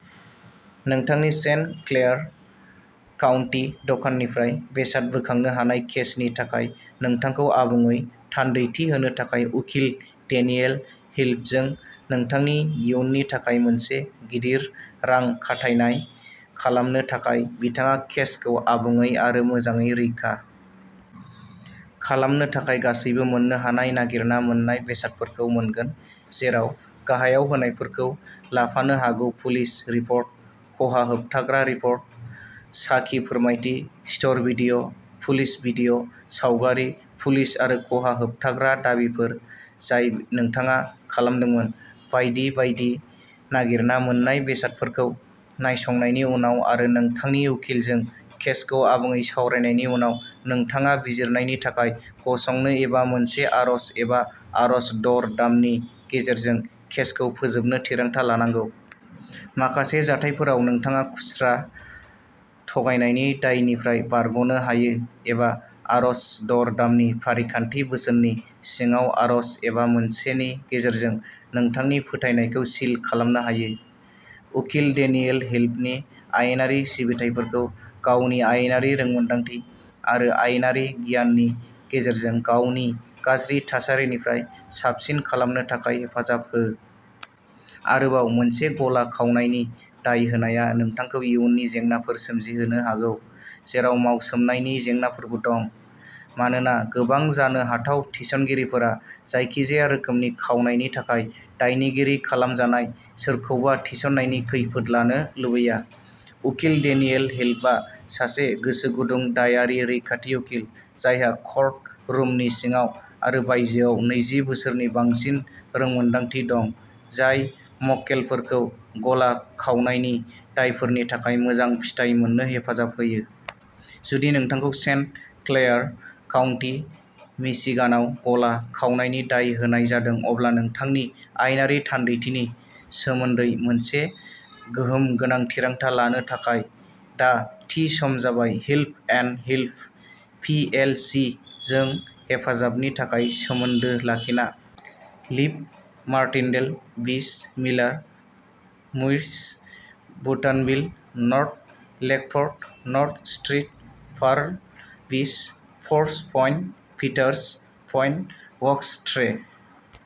नोंथांनि Saint Clair County दखाननिफ्राय बेसाद बोखांनो हानाय केसनि थाखाय नोंथांखौ आबुङै थान्दैथि होनो थाखाय उकिल डेनियेल हिल्फजों नोंथांनि इयुननि थाखाय मोनसे गिदिर रां खाथायनाय खालामनो थाखाय, बिथाङा केसखौ आबुङै आरो मोजाङै रैखा खालामनो थाखाय गासैबो मोन्नो हानाय नागिरना मोन्नाय बेसादफोरखौ मोनगोन, जेराव गाहायाव होनायफोरखौ लाफानो हागौ पुलिस रिपर्ट, खहा होबथाग्रा रिपर्ट, साखि फोरमायथि, स्ट'र भिडिअ', पुलिस भिडिअ', सावगारि, पुलिस आरो खहा होबथाग्रा दाबिफोर जाय नोंथाङा खालामदोंमोन, बायदि बायदि नागिरना मोन्नाय बेसादफोरखौ नायसंनायनि उनाव आरो नोंथांनि उखिलजों केसखौ आबुङै सावरायनायनि उनाव, नोंथाङा बिजिरनायनि थाखाय गसंनो एबा मोनसे आर'ज एबा आर'ज दर-दामनि गेजेरजों केसखौ फोजोबनो थिरांथा लानांगौ। माखासे जाथायफोराव नोंथाङा खुस्रा थगायनायनि दायनिफ्राय बारग'नो हायो एबा आर'ज दर-दामनि फारिखान्थि, बोसोननि सिङाव आर'ज, एबा मोनसे नि गेजेरजों नोंथांनि फोथायनायखौ सिल खालामनो हायो। उकिल डेनियेल हिल्फनि आयेनारि सिबिथाइफोरखौ गावनि आयेनारि रोंमोनदांथि आरो आयेनारि गियाननि गेजेरजों गावनि गाज्रि थासारिनिफ्राय साबसिन खालामनो थाखाय हेफाजाब हो। आरोबाव, मोनसे गला खावनायनि दाय होनाया नोंथांखौ इयुननि जेंनाफोर सोमजिहोनो हागौ, जेराव मावसोमनायनि जेंनाफोरबो दं, मानोना गोबां जानो हाथाव थिसनगिरिफोरा जायखिजाया रोखोमनि खावनायनि थाखाय दायनिगिरि खालामजानाय सोरखौबा थिसननायनि खैफोद लानो लुबैया। उकिल डेनियेल हिल्फआ सासे गोसोगुदुं दायारि रैखाथि उखिल, जायहा कर्ट रुमनि सिङाव आरो बायजोआव नैजि बोसोरनि बांसिन रोंमोनदांथि दं, जाय मक्केलफोरखौ गला खावनायनि दायफोरनि थाखाय मोजां फिथाय मोननो हेफाजाब होयो। जुदि नोंथांखौ सेन्ट क्लेयार काउन्टि मिशिगानाव गला खावनायनि दाय होनाय जादों, अब्ला नोंथांनि आयेनारि थान्दैथिनि सोमोन्दै मोनसे गोहोम गोनां थिरांथा लानो थाखाय दा थि सम जाबाय Hilf and Hilf, P L C जों हेफाजाबनि थाखाय सोमोन्दो लाखिना। Leaf, Martindale Beach, Miller, Muirs, Muttonville, North Lakeport, North Street, Pearl Beach, Perch Point, Peters, Point Aux tray